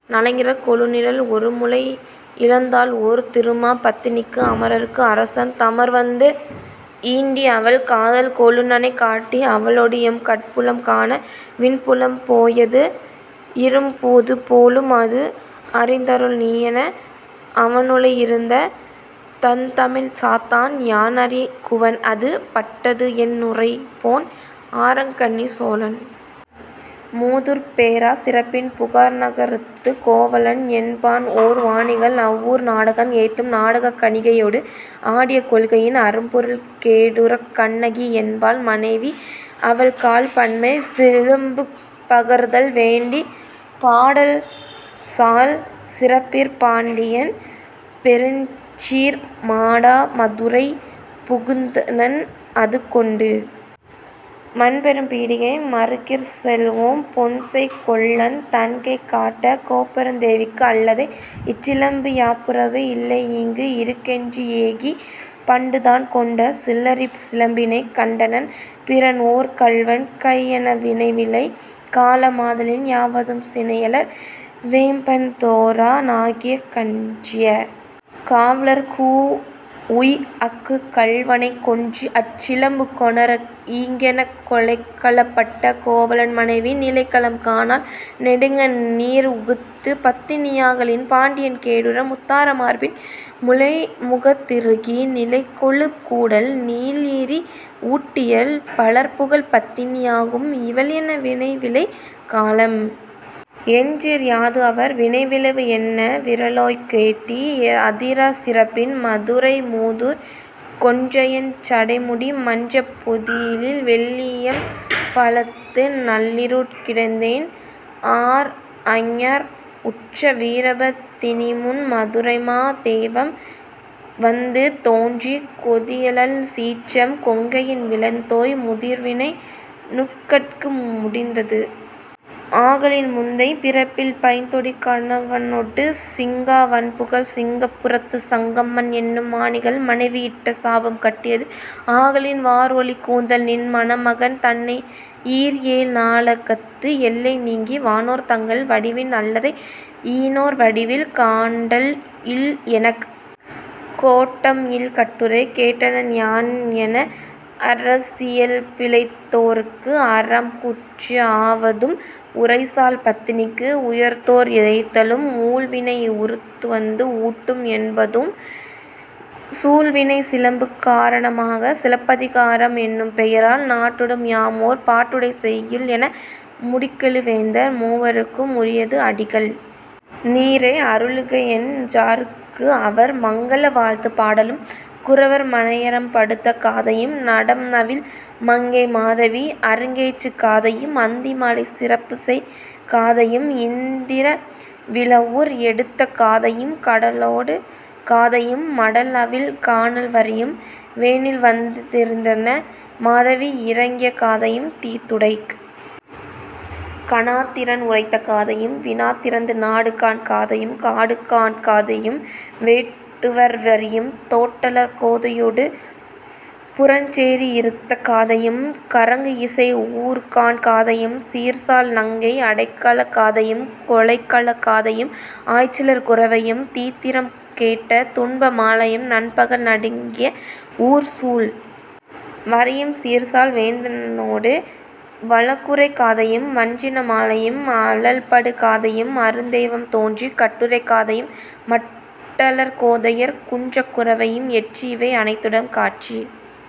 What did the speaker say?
நலங்கிளர் கொழுநிழல் ஒருமுலை இழந்தாள்ஓர் திருமா பத்தினிக்கு அமரர்க்கு அரசன் தமர்வந்து ஈண்டிஅவள் காதல் கொழுநனைக் காட்டி அவளொடுஎம் கட்புலம் காண விண்புலம் போயது இறும்பூது போலும்அஃது அறிந்தருள் நீயென, அவனுழை இருந்த தண்தமிழ்ச் சாத்தன் யான்அறி குவன்அது பட்டதுஎன் றுரைப்போன்: ஆரங் கண்ணிச் சோழன் மூதூர்ப் பேராச் சிறப்பின் புகார்நக ரத்துக் கோவலன் என்பான்ஓர் வாணிகன் அவ்வூர் நாடகம் ஏத்தும் நாடகக் கணிகையொடு ஆடிய கொள்கையின் அரும்பொருள் கேடுறக் கண்ணகி என்பாள் மனைவி அவள்கால் பண்ணமை சிலம்பு பகர்தல் வேண்டிப் பாடல்சால் சிறப்பிற் பாண்டியன் பெருஞ்சீர் மாட மதுரை புகுந்தனன், அதுகொண்டு மன்பெரும் பீடிகை மறுகிற் செல்வோன் பொன்செய் கொல்லன் தன்கைக் காட்டக் கோப்பெருந் தேவிக்கு அல்லதை இச்சிலம்பு யாப்புறவு இல்லைஈங்கு இருக்கயென்று ஏகிப் பண்டுதான் கொண்ட சில்லரிச் சிலம்பினைக் கண்டனன் பிறன்ஓர் கள்வன் கையென, வினைவிளை காலம் ஆதலின் யாவதும் சினையலர் வேம்பன் தேரா னாகிக் கன்றிய காவலர்க் கூஉய்அக் கள்வனைக் கொன்றுஅச் சிலம்பு கொணர்க ஈங்கெனக் கொலைக்களப் பட்ட கோவலன் மனைவி நிலைக்களம் காணாள் நெடுங்கண் நீர்உகுத்துப் பத்தினி யாகலின் பாண்டியன் கேடுற முத்தார மார்பின் முலைமுகந் திருகி நிலைகெழு கூடல் நீள்எரி ஊட்டிய பலர்புகழ் பத்தினி யாகும் இவள்என, வினைவிளை காலம் என்றீர் யாதுஅவர் வினைவிளைவு என்ன, விறலோய் கேட்டி அதிராச் சிறப்பின் மதுரை மூதூர்க் கொன்றையஞ் சடைமுடி மன்றப் பொதியிலில் வெள்ளியம் பலத்து நள்ளிருட் கிடந்தேன் ஆர்அஞர் உற்ற வீரபத் தினிமுன் மதுரைமா தெய்வம் வந்து தோன்றிக் கொதியழல் சீற்றம் கொங்கையின் விளைத்தோய் முதிர்வினை நுங்கட்கு முடிந்தது ஆகலின் முந்தைப் பிறப்பில் பைந்தொடி கணவனொடு சிங்கா வண்புகழ்ச் சிங்க புரத்துச் சங்கமன் என்னும் வாணிகன் மனைவி இட்ட சாபம் கட்டியது ஆகலின் வார்ஒலி கூந்தல்நின் மணமகன் தன்னை ஈர்ஏழ் நாளகத்து எல்லை நீங்கி வானோர் தங்கள் வடிவின் அல்லதை ஈனோர் வடிவில் காண்டல் இல்எனக் கோட்டம்இல் கட்டுரை கேட்டனன் யான்என, அரைசியல் பிழைத்தோர்க்கு அறம்கூற்று ஆவதூஉம் உரைசால் பத்தினிக்கு உயர்ந்தோர் ஏத்தலும் ஊழ்வினை உருத்துவந்து ஊட்டும் என்பதூஉம் சூழ்வினைச் சிலம்பு காரண மாகச் சிலப்பதி காரம் என்னும் பெயரால் நாட்டுதும் யாம்ஓர் பாட்டுடைச் செய்யுள்என, முடிகெழு வேந்தர் மூவர்க்கும் உரியது அடிகள் நீரே அருளுகஎன் றார்க்குஅவர், மங்கல வாழ்த்துப் பாடலும், குரவர் மனையறம் படுத்த காதையும், நடம்நவில் மங்கை மாதவி அரங்கேற்று காதையும், அந்தி மாலைச் சிறப்புசெய் காதையும், இந்திர விழவூர் எடுத்த காதையும், கடலாடு காதையும், மடல்அவிழ் கானல்வரியும், வேனில்வந் திறுத்தென மாதவி இரங்கிய காதையும், தீதுடைக் கனாத்திறம் உரைத்த காதையும், வினாத்திறத்து நாடுகாண் காதையும், காடுகாண் காதையும், வேட்டுவர் வரியும், தோட்டலர் கோதையொடு புறஞ்சேரி இறுத்த காதையும், கறங்குஇசை ஊர்க்காண் காதையும், சீர்சால் நங்கை அடைக்கலக் காதையும், கொலைக்களக் காதையும், ஆய்ச்சியர் குரவையும், தீத்திறம் கேட்ட துன்ப மாலையும், நண்பகல் நடுங்கிய ஊர்சூழ் வரியும், சீர்சால் வேந்தனொடு வழக்குரை காதையும், வஞ்சின மாலையும், அழல்படு காதையும், அருந்தெய்வம் தோன்றிக் கட்டுரை காதையும், மட்டலர் கோதையர் குன்றக் குரவையும், என்றுஇவை அனைத்துடன் காட்சி,